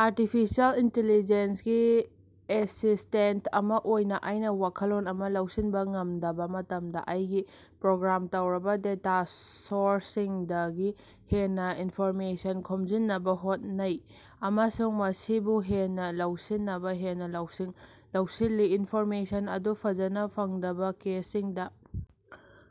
Artificial intelligence ꯒꯤ assistant ꯑꯃ ꯑꯣꯏꯅ ꯑꯩꯅ ꯋꯥꯈꯜꯂꯣꯟ ꯑꯃ ꯂꯧꯁꯤꯟꯕ ꯉꯝꯗꯕ ꯃꯇꯝꯗ ꯑꯩꯒꯤ ꯄ꯭ꯔꯣꯒ꯭ꯔꯥꯝ ꯇꯧꯔꯕ ꯗꯦꯇꯥ ꯁꯣꯔꯁꯁꯤꯡꯗꯒꯤ ꯍꯦꯟꯅ ꯏꯟꯐꯣꯔꯃꯦꯁꯟ ꯈꯣꯝꯖꯤꯟꯅꯕ ꯍꯣꯠꯅꯩ ꯑꯃꯁꯨꯡ ꯃꯁꯤꯕꯨ ꯍꯦꯟꯅ ꯂꯧꯁꯤꯟꯅꯕ ꯍꯦꯟꯅ ꯂꯧꯁꯤꯡ ꯂꯧꯁꯤꯜꯂꯤ꯫ ꯏꯟꯐꯣꯔꯃꯦꯁꯟ ꯑꯗꯨ ꯐꯖꯅ ꯐꯪꯗꯕ ꯀꯦꯁꯁꯤꯡꯗ,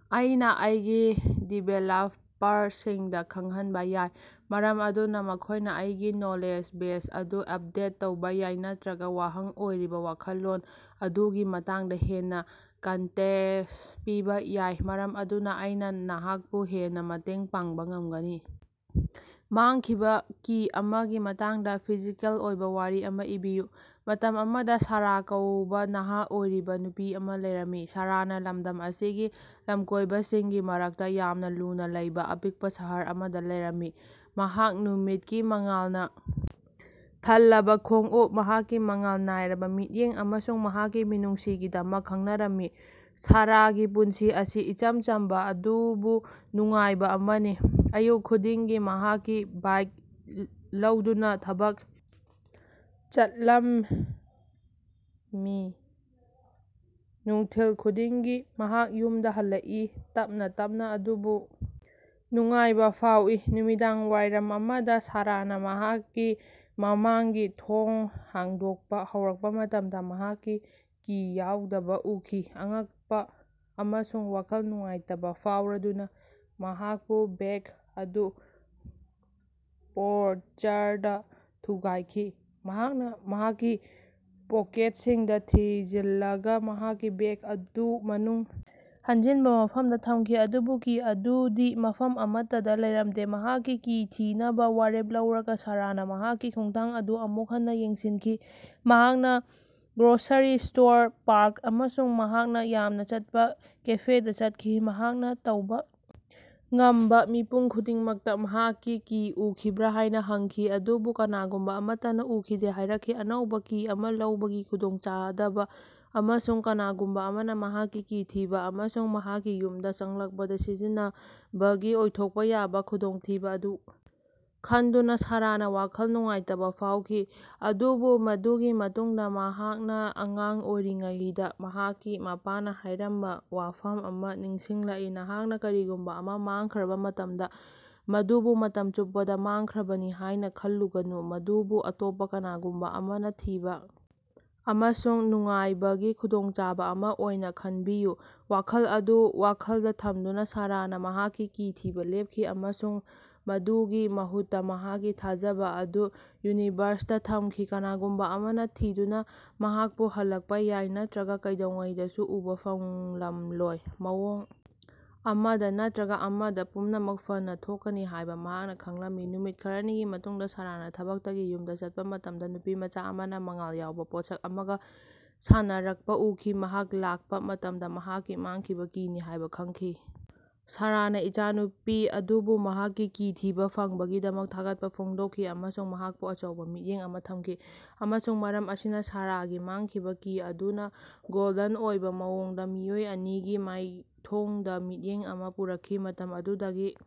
ꯑꯩꯅ ꯑꯩꯒꯤ ꯗꯤꯚꯦꯂꯞꯄꯔꯁꯤꯡꯗ ꯈꯪꯍꯟꯕ ꯌꯥꯏ ꯃꯔꯝ ꯑꯗꯨꯅ ꯃꯈꯣꯏꯅ ꯑꯩꯒꯤ ꯅꯣꯂꯦꯖ ꯕꯦꯖ ꯑꯗꯨ ꯑꯞꯗꯦꯠ ꯇꯧꯕ ꯌꯥꯏ ꯅꯠꯇꯔ꯭ꯒ ꯋꯥꯍꯪ ꯑꯣꯏꯔꯤꯕ ꯋꯥꯈꯜꯂꯣꯟ ꯑꯗꯨꯒꯤ ꯃꯇꯥꯡꯗ ꯍꯦꯟꯅ ꯀꯟꯇꯦꯁ ꯄꯤꯕ ꯌꯥꯏ ꯃꯔꯝ ꯑꯗꯨꯅ ꯑꯩꯅ ꯅꯍꯥꯛꯄꯨ ꯍꯦꯟꯅ ꯃꯇꯦꯡ ꯄꯥꯡꯕ ꯉꯝꯒꯅꯤ꯫ ꯃꯥꯡꯈꯤꯕ ꯀꯤ ꯑꯃꯒꯤ ꯃꯇꯥꯡꯗ ꯐꯤꯖꯤꯀꯦꯜ ꯑꯣꯏꯕ ꯋꯥꯔꯤ ꯑꯃ ꯏꯕꯤꯌꯨ꯫ ꯃꯇꯝ ꯑꯃꯗ ꯁꯥꯔꯥ ꯀꯧꯕ ꯅꯍꯥ ꯑꯣꯏꯔꯤꯕ ꯅꯨꯄꯤ ꯑꯃ ꯂꯩꯔꯝꯃꯤ꯫ ꯁꯥꯔꯥꯅ ꯂꯝꯗꯝ ꯑꯁꯤꯒꯤ ꯂꯝꯀꯣꯏꯕꯁꯤꯡꯒꯤ ꯃꯔꯛꯇ ꯌꯥꯝꯅ ꯂꯨꯅꯥ ꯂꯩꯕ ꯑꯄꯤꯛꯄ ꯁꯍꯔ ꯑꯃꯗ ꯂꯩꯔꯝꯃꯤ꯫ ꯃꯍꯥꯛ ꯅꯨꯃꯤꯠꯀꯤ ꯃꯉꯥꯜꯅ ꯊꯜꯂꯕ ꯈꯣꯡꯎꯞ, ꯃꯍꯥꯛꯀꯤ ꯃꯉꯥꯜ ꯅꯥꯏꯔꯕꯥ ꯃꯤꯠꯌꯦꯡ ꯑꯃꯁꯨꯡ ꯃꯍꯥꯛꯀꯤ ꯃꯤꯅꯨꯡꯁꯤꯒꯤꯗꯃꯛ ꯈꯪꯅꯔꯝꯃꯤ꯫ ꯁꯥꯔꯥꯒꯤ ꯄꯨꯟꯁꯤ ꯑꯁꯤ ꯏꯆꯝ ꯆꯝꯕ ꯑꯗꯨꯕꯨ ꯅꯨꯡꯉꯥꯏꯕ ꯑꯃꯅꯤ꯫ ꯑꯌꯨꯛ ꯈꯨꯗꯤꯡꯒꯤ ꯃꯍꯥꯛꯀꯤ ꯕꯥꯏ꯭ꯛ ꯂꯧꯗꯨꯅ ꯊꯕꯛ ꯆꯠꯂꯝꯃꯤ꯫ ꯅꯨꯡꯊꯤꯜ ꯈꯨꯗꯤꯡꯒꯤ ꯃꯍꯥꯛ ꯌꯨꯝꯗ ꯍꯜꯂꯛꯏ, ꯇꯞꯅꯥ ꯇꯞꯅꯥ ꯑꯗꯨꯕꯨ ꯅꯨꯡꯉꯥꯏꯕ ꯐꯥꯎꯏ꯫ ꯅꯨꯃꯤꯗꯥꯡꯋꯥꯏꯔꯝ ꯑꯃꯗ ꯁꯥꯔꯥꯅ ꯃꯍꯥꯛꯀꯤ ꯃꯃꯥꯡꯒꯤ ꯊꯣꯡ ꯍꯥꯡꯗꯣꯛꯄ ꯍꯧꯔꯛꯄ ꯃꯇꯝꯗ ꯃꯍꯥꯛꯀꯤ ꯀꯤ ꯌꯥꯎꯗꯕꯥ ꯎꯈꯤ꯫ ꯑꯉꯛꯄ ꯑꯃꯁꯨꯡ ꯋꯥꯈꯜ ꯅꯨꯡꯉꯥꯏꯇꯕꯥ ꯐꯥꯎꯔꯗꯨꯅ ꯃꯍꯥꯛꯀꯤ ꯕꯦꯒ ꯑꯗꯨ ꯄꯣꯔꯆꯔꯗ꯫ꯊꯨꯒꯥꯏꯈꯤ꯫ ꯃꯍꯥꯛꯅ ꯃꯍꯥꯛꯀꯤ ꯄꯣꯀꯦꯠꯁꯤꯡꯗ ꯊꯤꯖꯤꯜꯂꯒꯥ ꯃꯍꯥꯛꯀꯤ ꯕꯦꯒ ꯑꯗꯨ ꯃꯅꯨꯡ ꯍꯟꯖꯤꯟꯕ ꯃꯐꯝꯗ ꯊꯝꯈꯤ ꯑꯗꯨꯕꯨ ꯀꯤ ꯑꯗꯨꯗꯤ ꯃꯐꯝ ꯑꯃꯠꯇꯗ ꯂꯩꯔꯝꯗꯦ꯫ ꯃꯍꯥꯛꯀꯤ ꯀꯤ ꯊꯤꯅꯕꯥ ꯋꯥꯔꯦꯞ ꯂꯧꯔꯒ ꯁꯥꯔꯥꯅ ꯃꯍꯥꯛꯀꯤ ꯈꯣꯡꯊꯥꯡ ꯑꯗꯨ ꯑꯃꯨꯛ ꯍꯟꯅ ꯌꯦꯡꯁꯤꯟꯈꯤ꯫ ꯃꯍꯥꯛꯅ ꯒ꯭ꯔꯣꯁꯥꯔꯤ ꯁ꯭ꯇꯣꯔ, ꯄꯥꯔꯛ ꯑꯃꯁꯨꯡ ꯃꯍꯥꯛꯅ ꯌꯥꯝꯅ ꯆꯠꯄ ꯀꯦꯐꯦꯗꯥ ꯆꯠꯈꯤ꯫ ꯃꯍꯥꯛꯅ ꯇꯧꯕ ꯉꯝꯕ ꯃꯤꯄꯨꯝ ꯈꯨꯗꯤꯡꯃꯛꯇ ꯃꯍꯥꯛꯀꯤ ꯀꯤ ꯎꯈꯤꯕ꯭ꯔꯥ ꯍꯥꯏꯅ ꯍꯪꯈꯤ ꯑꯗꯨꯕꯨ ꯀꯅꯥꯒꯨꯝꯕ ꯑꯃꯠꯇꯅꯥ ꯎꯈꯤꯗꯦ ꯍꯥꯏꯔꯛꯈꯤ꯫ ꯑꯅꯧꯕ ꯀꯤ ꯑꯃ ꯂꯧꯕꯒꯤ ꯈꯨꯗꯣꯡꯆꯥꯗꯕ ꯑꯃꯁꯨꯡ ꯀꯅꯥꯒꯨꯝꯕ ꯑꯃꯅ ꯃꯍꯥꯛꯀꯤ ꯀꯤ ꯊꯤꯕ ꯑꯃꯁꯨꯡ ꯃꯍꯥꯛꯀꯤ ꯌꯨꯝꯗ ꯆꯪꯂꯛꯄꯗ ꯁꯤꯖꯤꯟꯅꯕꯒꯤ ꯑꯣꯏꯊꯣꯛꯄ ꯌꯥꯕ ꯈꯨꯗꯣꯡꯊꯤꯕ ꯑꯗꯨ ꯈꯟꯗꯨꯅ ꯁꯥꯔꯥꯅ ꯋꯥꯈꯜ ꯅꯨꯡꯉꯥꯏꯇꯕꯥ ꯐꯥꯎꯈꯤ꯫ ꯑꯗꯨꯕꯨ ꯃꯗꯨꯒꯤ ꯃꯇꯨꯡꯗ, ꯃꯍꯥꯛꯅ ꯑꯉꯥꯡ ꯑꯣꯏꯔꯤꯉꯩꯗ ꯃꯍꯥꯛꯀꯤ ꯃꯄꯥꯅ ꯍꯥꯏꯔꯝꯕ ꯋꯥꯐꯝ ꯑꯃ ꯅꯤꯡꯁꯤꯡꯂꯛꯏ, ꯅꯍꯥꯛꯅꯥ ꯀꯔꯤꯒꯨꯝꯕ ꯑꯃ ꯃꯥꯡꯈ꯭ꯔꯕ ꯃꯇꯝꯗ, ꯃꯗꯨꯕꯨ ꯃꯇꯝ ꯆꯨꯞꯄꯗ ꯃꯥꯡꯈ꯭ꯔꯕꯅꯤ ꯍꯥꯏꯅ ꯈꯜꯂꯨꯒꯅꯨ, ꯃꯗꯨꯕꯨ ꯑꯇꯣꯞꯄ ꯀꯅꯥꯒꯨꯝꯕ ꯑꯃꯅ ꯊꯤꯕ ꯑꯃꯁꯨꯡ ꯅꯨꯡꯉꯥꯏꯕꯒꯤ ꯈꯨꯗꯣꯡꯆꯥꯕ ꯑꯃ ꯑꯣꯏꯅ ꯈꯟꯕꯤꯌꯨ꯫ꯋꯥꯈꯜ ꯑꯗꯨ ꯋꯥꯈꯜꯗ ꯊꯝꯗꯨꯅ ꯁꯥꯔꯥꯅ ꯃꯍꯥꯛꯀꯤ ꯀꯤ ꯊꯤꯕ ꯂꯦꯞꯈꯤ ꯑꯃꯁꯨꯡ ꯃꯗꯨꯒꯤ ꯃꯍꯨꯠꯇ ꯃꯍꯥꯛꯀꯤ ꯊꯥꯖꯕ ꯑꯗꯨ ꯌꯨꯅꯤꯚꯔꯁꯇꯥ ꯊꯝꯈꯤ꯫ ꯀꯅꯥꯒꯨꯝꯕ ꯑꯃꯅ ꯊꯤꯗꯨꯅ ꯃꯍꯥꯛꯄꯨ ꯍꯜꯂꯛꯄꯥ ꯌꯥꯏ, ꯅꯠꯇꯔ꯭ꯒ ꯀꯩꯗꯧꯉꯩꯗꯁꯨ ꯎꯕꯥ ꯐꯪꯂꯝꯂꯣꯏ꯫ ꯃꯑꯣꯡ ꯑꯃꯗ‌ ꯅꯠꯇꯔ꯭ꯒ ꯑꯃꯗ, ꯄꯨꯝꯅꯃꯛ ꯐꯅꯥ ꯊꯣꯛꯀꯅꯤ ꯍꯥꯏꯕ ꯃꯍꯥꯛꯅ ꯈꯪꯂꯝꯃꯤ꯫ ꯅꯨꯃꯤꯠ ꯈꯔꯅꯤꯒꯤ ꯃꯇꯨꯡꯗ ꯁꯥꯔꯥꯅ ꯊꯕꯛꯇꯒꯤ ꯌꯨꯝꯗ ꯆꯠꯄꯥ ꯃꯇꯝꯗ ꯅꯨꯄꯤꯃꯆꯥ ꯑꯃꯅ ꯃꯉꯥꯜ ꯌꯥꯎꯕ ꯄꯣꯠꯁꯛ ꯑꯃꯒ ꯁꯥꯟꯅꯔꯛꯄ ꯎꯈꯤ꯫ ꯃꯍꯥꯛ ꯂꯥꯛꯄ ꯃꯇꯝꯗ ꯃꯍꯥꯛꯀꯤ ꯃꯥꯡꯈꯤꯕ ꯀꯤꯅꯤ ꯍꯥꯏꯕ ꯈꯪꯈꯤ꯫ ꯁꯥꯔꯥꯅ ꯏꯆꯥꯅꯨꯄꯤ ꯑꯗꯨꯕꯨ ꯃꯍꯥꯛꯀꯤ ꯀꯤ ꯊꯤꯕ ꯐꯪꯕꯒꯤꯗꯃꯛ ꯊꯥꯒꯠꯄꯥ ꯐꯣꯡꯗꯣꯛꯈꯤ ꯑꯃꯁꯨꯡ ꯃꯍꯥꯛꯄꯨ ꯑꯆꯧꯕ ꯃꯤꯠꯌꯦꯡ ꯑꯃ ꯊꯝꯈꯤ꯫ ꯑꯃꯁꯨꯡ ꯃꯔꯝ ꯑꯁꯤꯅ, ꯁꯥꯔꯥꯒꯤ ꯃꯥꯡꯈꯤꯕ ꯀꯤ ꯑꯗꯨꯅ, ꯒꯣꯜꯗꯟ ꯑꯣꯏꯕ ꯃꯑꯣꯡꯗ, ꯃꯤꯑꯣꯏ ꯑꯅꯤꯒꯤ ꯃꯥꯏꯊꯣꯡꯗ ꯃꯤꯠꯌꯦꯡ ꯑꯃ ꯄꯨꯔꯛꯈꯤ꯫ ꯃꯇꯝ ꯑꯗꯨꯗꯒꯤ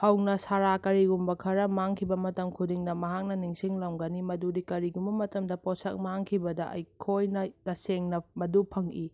ꯍꯧꯅ ꯁꯥꯔꯥ ꯀꯔꯤꯒꯨꯝꯕ ꯈꯔꯥ ꯃꯥꯡꯈꯤꯕ ꯃꯇꯝ ꯈꯨꯗꯤꯡꯗ ꯃꯍꯥꯛꯅ ꯅꯤꯡꯁꯤꯡꯂꯝꯒꯅꯤ ꯃꯗꯨꯗꯤ ꯀꯔꯤꯒꯨꯝꯕ ꯃꯇꯝꯗ, ꯄꯣꯠꯁꯤꯡ ꯃꯥꯡꯈꯤꯕꯗ, ꯑꯩꯈꯣꯏꯅ ꯇꯁꯦꯡꯅ ꯃꯗꯨ ꯐꯪꯏ꯫